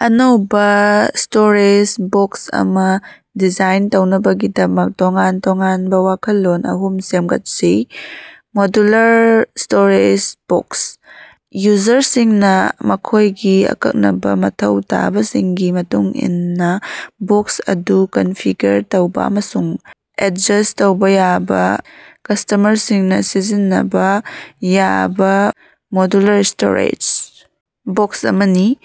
ꯑꯅꯧꯕꯥ storage box ꯑꯃꯥ design ꯇꯧꯅꯕꯒꯤꯗꯃꯛ ꯇꯣꯉꯥꯟ-ꯇꯣꯉꯥꯟꯕꯥ ꯋꯥꯈꯜꯂꯣꯟ ꯑꯍꯨꯝ ꯁꯦꯝꯒꯠꯁꯤ꯫ ꯃꯣꯗꯨꯂꯔ ꯁ꯭ꯇꯣꯔꯦꯖ ꯕꯣꯛꯁ: ꯌꯨꯖꯔꯁꯤꯡꯅꯥ ꯃꯈꯣꯏꯒꯤ ꯑꯀꯛꯅꯕꯥ ꯃꯊꯧ ꯇꯥꯕꯁꯤꯡꯒꯤ ꯃꯇꯨꯡ ꯏꯟꯅꯥ ꯕꯣꯛꯁ ꯑꯗꯨ ꯀꯟꯐꯤꯒꯔ ꯇꯧꯕꯥ ꯑꯃꯁꯨꯡ ꯑꯦꯠꯖꯁ ꯇꯧꯕꯥ ꯌꯥꯕꯥ ꯀꯁꯇꯃꯔꯁꯤꯡꯅꯥ ꯁꯤꯖꯤꯟꯅꯕꯥ ꯌꯥꯕꯥ, ꯃꯣꯗꯨꯂꯔ ꯁ꯭ꯇꯣꯔꯦꯖ ꯕꯣꯛꯁ ꯑꯃꯅꯤ꯫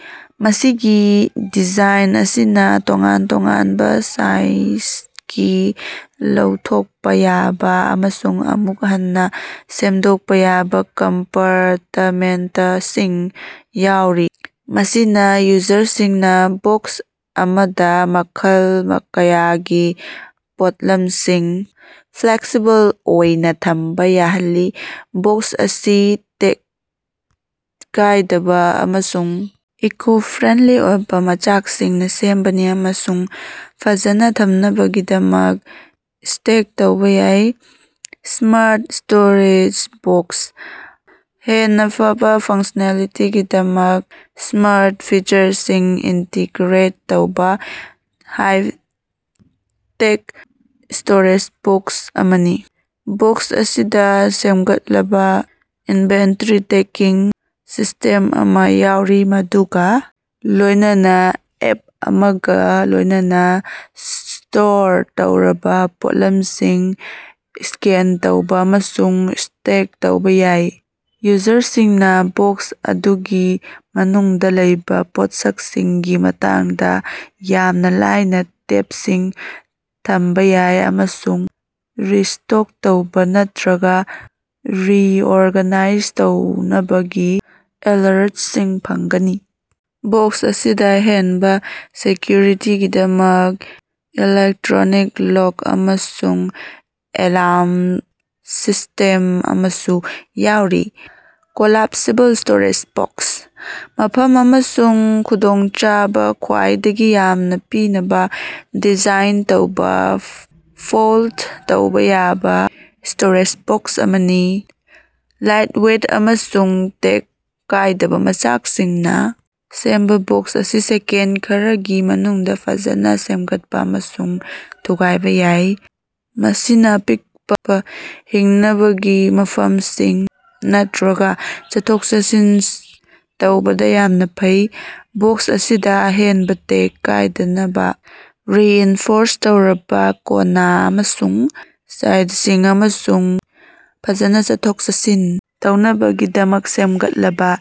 ꯃꯁꯤꯒꯤ ꯗꯤꯖꯥꯏꯟ ꯑꯁꯤꯅꯥ ꯇꯣꯉꯥꯟ ꯇꯣꯉꯥꯟꯕꯥ ꯁꯥꯏꯖꯒꯤ ꯂꯧꯊꯣꯛꯄꯥ ꯌꯥꯕꯥ ꯑꯃꯁꯨꯡ ꯑꯃꯨꯛ ꯍꯟꯅꯥ ꯁꯦꯝꯗꯣꯛꯄꯥ ꯌꯥꯕꯥ ꯀꯝꯄꯥꯔꯇꯃꯦꯟꯇꯁꯤꯡ ꯌꯥꯎꯔꯤ, ꯃꯁꯤꯅꯥ ꯌꯨꯖꯔꯁꯤꯡꯅꯥ ꯕꯣꯛꯁ ꯑꯃꯗꯥ ꯃꯈꯜ ꯀꯌꯥꯒꯤ ꯄꯣꯠꯂꯝꯁꯤꯡ ꯐ꯭ꯂꯦꯛꯁꯤꯕꯜ ꯑꯣꯏꯅꯥ ꯊꯝꯕꯥ ꯌꯥꯍꯜꯂꯤ꯫ ꯕꯣꯛꯁ ꯑꯁꯤ ꯇꯦꯛ ꯀꯥꯏꯗꯕꯥ ꯑꯃꯁꯨꯡ ꯏꯀꯣ-ꯐ꯭ꯔꯦꯟꯂꯤ ꯑꯣꯏꯕꯥ ꯃꯆꯥꯛꯁꯤꯡꯅꯥ ꯁꯦꯝꯕꯅꯤ ꯑꯃꯁꯨꯡ ꯐꯖꯅꯥ ꯊꯝꯅꯕꯒꯤꯗꯃꯛ ꯁ꯭ꯇꯦꯛ ꯇꯧꯕꯥ ꯌꯥꯏ꯫ ꯁ꯭ꯃꯥꯔꯠ ꯁ꯭ꯇꯣꯔꯦꯖ ꯕꯣꯛꯁ: ꯍꯦꯟꯅꯥ ꯐꯕꯥ ꯐꯪꯁꯅꯦꯂꯤꯇꯤꯒꯤꯗꯃꯛ ꯁ꯭ꯃꯥꯔꯠ ꯐꯤꯆꯔꯁꯤꯡ ꯏꯟꯇꯤꯒ꯭ꯔꯦꯠ ꯇꯧꯕꯥ ꯍꯥꯏ-ꯇꯦꯛ ꯁ꯭ꯇꯣꯔꯦꯖ ꯕꯣꯛꯁ ꯑꯃꯅꯤ꯫ ꯕꯣꯛꯁ ꯑꯁꯤꯗꯥ ꯁꯦꯝꯒꯠꯂꯕꯥ ꯏꯟꯚꯦꯟꯇꯔꯤ ꯇ꯭ꯔꯦꯀꯤꯡ ꯁꯤꯁꯇꯦꯝ ꯑꯃꯥ ꯌꯥꯎꯔꯤ ꯃꯗꯨꯒꯥ ꯂꯣꯏꯅꯅ ꯑꯦꯞ ꯑꯃꯒꯥ ꯂꯣꯏꯅꯅꯥ ꯁ꯭ꯇꯣꯔ ꯇꯧꯔꯕꯥ ꯄꯣꯠꯂꯝꯁꯤꯡ ꯁ꯭ꯀꯦꯟ ꯇꯧꯕꯥ ꯑꯃꯁꯨꯡ ꯇ꯭ꯔꯦꯛ ꯇꯧꯕꯥ ꯌꯥꯏ꯫ ꯌꯨꯖꯔꯁꯤꯡꯅꯥ ꯕꯣꯛꯁ ꯑꯗꯨꯒꯤ ꯃꯅꯨꯡꯗꯥ ꯂꯩꯕꯥ ꯄꯣꯠꯁꯛꯁꯤꯡꯒꯤ ꯃꯇꯥꯡꯗꯥ ꯌꯥꯝꯅꯥ ꯂꯥꯏꯅꯥ ꯇꯦꯞꯁꯤꯡ ꯊꯝꯕꯥ ꯌꯥꯏ ꯑꯃꯁꯨꯡ ꯔꯤꯁ꯭ꯇꯣꯛ ꯇꯧꯕꯥ ꯅꯠꯇ꯭ꯔꯒꯥ ꯔꯤꯑꯣꯔꯒꯅꯥꯏꯖ ꯇꯧꯅꯕꯒꯤ ꯑꯦꯂꯔꯠꯁꯤꯡ ꯐꯪꯒꯅꯤ꯫ ꯕꯣꯛꯁ ꯑꯁꯤꯗꯥ ꯑꯍꯦꯟꯕꯥ ꯁꯦꯀ꯭ꯌꯨꯔꯤꯇꯤꯒꯤꯗꯃꯛ ꯏꯂꯦꯛꯇ꯭ꯔꯣꯅꯤꯛ ꯂꯣꯛ ꯑꯃꯁꯨꯡ ꯑꯦꯂꯥꯝ ꯁꯤꯁꯇꯦꯝ ꯑꯃꯁꯨ ꯌꯥꯎꯔꯤ꯫ ꯀꯣꯂꯥꯞꯁꯤꯕꯜ ꯁ꯭ꯇꯣꯔꯦꯖ ꯕꯣꯛꯁ: ꯃꯐꯝ ꯑꯃꯁꯨꯡ ꯈꯨꯗꯣꯡꯆꯥꯕꯥ ꯈ꯭ꯋꯥꯏꯗꯒꯤ ꯌꯥꯝꯅꯥ ꯄꯤꯅꯕꯥ ꯗꯤꯖꯥꯏꯟ ꯇꯧꯕꯥ ꯐꯣꯜꯗ ꯇꯧꯕꯥ ꯌꯥꯕꯥ ꯁ꯭ꯇꯣꯔꯦꯖ ꯕꯣꯛꯁ ꯑꯃꯅꯤ꯫ ꯂꯥꯏꯠꯋꯦꯠ ꯑꯃꯁꯨꯡ ꯇꯦꯛ ꯀꯥꯏꯗꯕꯥ ꯃꯆꯥꯛꯁꯤꯡꯅꯥ ꯁꯦꯝꯕꯥ ꯕꯣꯛꯁ ꯑꯁꯤ ꯁꯦꯀꯦꯟꯗ ꯈꯔꯒꯤ ꯃꯅꯨꯡꯗꯥ ꯐꯖꯅꯥ ꯁꯦꯝꯒꯠꯄꯥ ꯑꯃꯁꯨꯡ ꯊꯨꯒꯥꯏꯕꯥ ꯌꯥꯏ, ꯃꯁꯤꯅꯥ ꯑꯄꯤꯛꯄꯥ ꯍꯤꯡꯅꯕꯒꯤ ꯃꯐꯝꯁꯤꯡ ꯅꯠꯇ꯭ꯔꯒꯥ ꯆꯠꯊꯣꯛ-ꯆꯠꯁꯤꯟ ꯇꯧꯕꯗꯥ ꯌꯥꯝꯅꯥ ꯐꯩ꯫ ꯕꯣꯛꯁ ꯑꯁꯤꯗꯥ ꯑꯍꯦꯟꯕꯥ ꯇꯦꯛ ꯀꯥꯏꯗꯅꯕꯥ ꯔꯤꯏꯟꯐꯣꯔꯁ ꯇꯧꯔꯕꯥ ꯀꯣꯟꯅꯥ ꯑꯃꯁꯨꯡ ꯁꯥꯏꯗꯁꯤꯡ ꯑꯃꯁꯨꯡ ꯐꯖꯅꯥ ꯆꯠꯊꯣꯛ-ꯆꯠꯁꯤꯟ ꯇꯧꯅꯕꯒꯤꯗꯃꯛ ꯁꯦꯝꯒꯠꯂꯕꯥ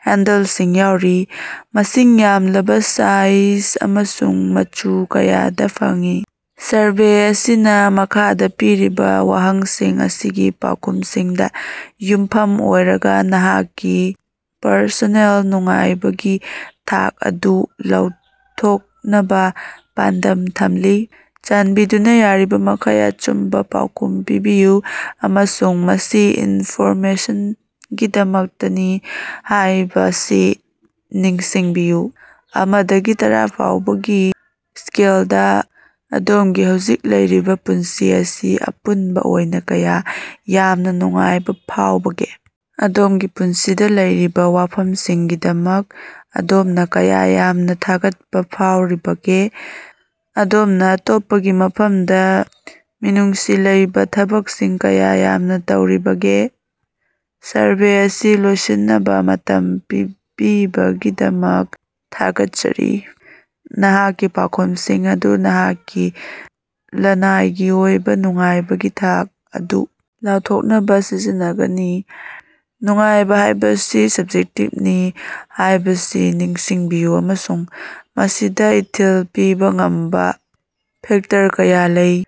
ꯍꯦꯟꯗꯜꯁꯤꯡ ꯌꯥꯎꯔꯤ꯫ ꯃꯁꯤꯡ ꯌꯥꯝꯂꯕꯥ ꯁꯥꯏꯖ ꯑꯃꯁꯨꯡ ꯃꯆꯨ ꯀꯌꯥꯗꯥ ꯐꯪꯏ꯫ ꯁꯔꯚꯦ ꯑꯁꯤꯅꯥ ꯃꯈꯥꯗꯥ ꯄꯤꯔꯤꯕꯥ ꯋꯥꯍꯪꯁꯤꯡ ꯑꯁꯤꯒꯤ ꯄꯥꯎꯈꯨꯝꯁꯤꯡꯗꯥ ꯌꯨꯝꯐꯝ ꯑꯣꯏꯔꯒꯥ ꯅꯍꯥꯛꯀꯤ ꯄꯔꯁꯣꯅꯦꯜ ꯅꯨꯡꯉꯥꯏꯕꯒꯤ ꯊꯥꯛ ꯑꯗꯨ ꯂꯥꯎꯊꯣꯛꯅꯕꯥ ꯄꯥꯟꯗꯝ ꯊꯝꯂꯤ꯫ ꯆꯥꯟꯕꯤꯗꯨꯅꯥ ꯌꯥꯔꯤꯕꯃꯈꯩ ꯑꯆꯨꯝꯕꯥ ꯄꯥꯎꯈꯨꯝ ꯄꯤꯕꯤꯌꯨ, ꯑꯃꯁꯨꯡ ꯃꯁꯤ ꯏꯟꯐꯣꯔꯃꯦꯁꯟꯒꯤꯗꯃꯛꯇꯅꯤ ꯍꯥꯏꯕꯁꯤ ꯅꯤꯡꯁꯤꯡꯕꯤꯌꯨ꯫ ꯑꯃꯥꯗꯒꯤ ꯇꯔꯥꯐꯥꯎꯒꯤ ꯁ꯭ꯀꯦꯜꯗꯥ, ꯑꯗꯣꯝꯒꯤ ꯍꯧꯖꯤꯛ ꯂꯩꯔꯤꯕꯥ ꯄꯨꯟꯁꯤ ꯑꯁꯤ ꯑꯄꯨꯟꯕꯥ ꯑꯣꯏꯅꯥ ꯀꯌꯥ ꯌꯥꯝꯅꯥ ꯅꯨꯡꯉꯥꯏꯕꯥ ꯐꯥꯎꯕꯒꯦ? ꯑꯗꯣꯝꯒꯤ ꯄꯨꯟꯁꯤꯗꯥ ꯂꯩꯔꯤꯕꯥ ꯋꯥꯐꯝꯁꯤꯡꯒꯤꯗꯃꯛ ꯑꯗꯣꯝꯅꯥ ꯀꯌꯥ ꯌꯥꯝꯅꯥ ꯊꯥꯒꯠꯄꯥ ꯐꯥꯎꯔꯤꯕꯒꯦ? ꯑꯗꯣꯝꯅꯥ ꯑꯇꯣꯞꯄꯒꯤ ꯃꯐꯝꯗꯥ ꯃꯤꯅꯨꯡꯁꯤ ꯂꯩꯕꯥ ꯊꯕꯛꯁꯤꯡ ꯀꯌꯥ ꯌꯥꯝꯅꯥ ꯇꯧꯔꯤꯕꯒꯦ? ꯁꯔꯚꯦ ꯑꯁꯤ ꯂꯣꯏꯁꯤꯟꯅꯕꯥ ꯃꯇꯝ ꯄꯤꯕꯤꯕꯒꯤꯗꯃꯛ ꯊꯥꯒꯠꯆꯔꯤ꯫ ꯅꯍꯥꯛꯀꯤ ꯄꯥꯎꯈꯨꯝꯁꯤꯡ ꯑꯗꯨ ꯅꯍꯥꯛꯀꯤ ꯂꯅꯥꯏꯒꯤ ꯑꯣꯏꯕꯥ ꯅꯨꯡꯉꯥꯏꯕꯒꯤ ꯊꯥꯛ ꯑꯗꯨ ꯂꯥꯎꯊꯣꯛꯅꯕꯥ ꯁꯤꯖꯤꯟꯅꯒꯅꯤ꯫ ꯅꯨꯡꯉꯥꯏꯕꯥ ꯍꯥꯏꯕꯁꯤ ꯁꯞꯖꯦꯛꯇꯤꯞꯅꯤ ꯍꯥꯏꯕꯁꯤ ꯅꯤꯡꯁꯤꯡꯕꯤꯌꯨ ꯑꯃꯁꯨꯡ ꯃꯁꯤꯗꯥ ꯏꯊꯤꯜ ꯄꯤꯕꯥ ꯉꯝꯕꯥ ꯐꯦꯛꯇꯔ ꯀꯌꯥ ꯂꯩ꯫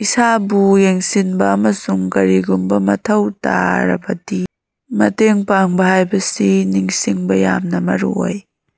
ꯏꯁꯥꯕꯨ ꯌꯦꯡꯁꯤꯟꯕꯥ ꯑꯃꯁꯨꯡ ꯀꯔꯤꯒꯨꯝꯕꯥ ꯃꯊꯧ ꯇꯥꯔꯕꯗꯤ ꯃꯇꯦꯡ ꯄꯥꯡꯕꯥ ꯍꯥꯏꯕꯁꯤ ꯅꯤꯡꯁꯤꯡꯕꯥ ꯌꯥꯝꯅꯥ ꯃꯔꯨꯑꯣꯏ꯫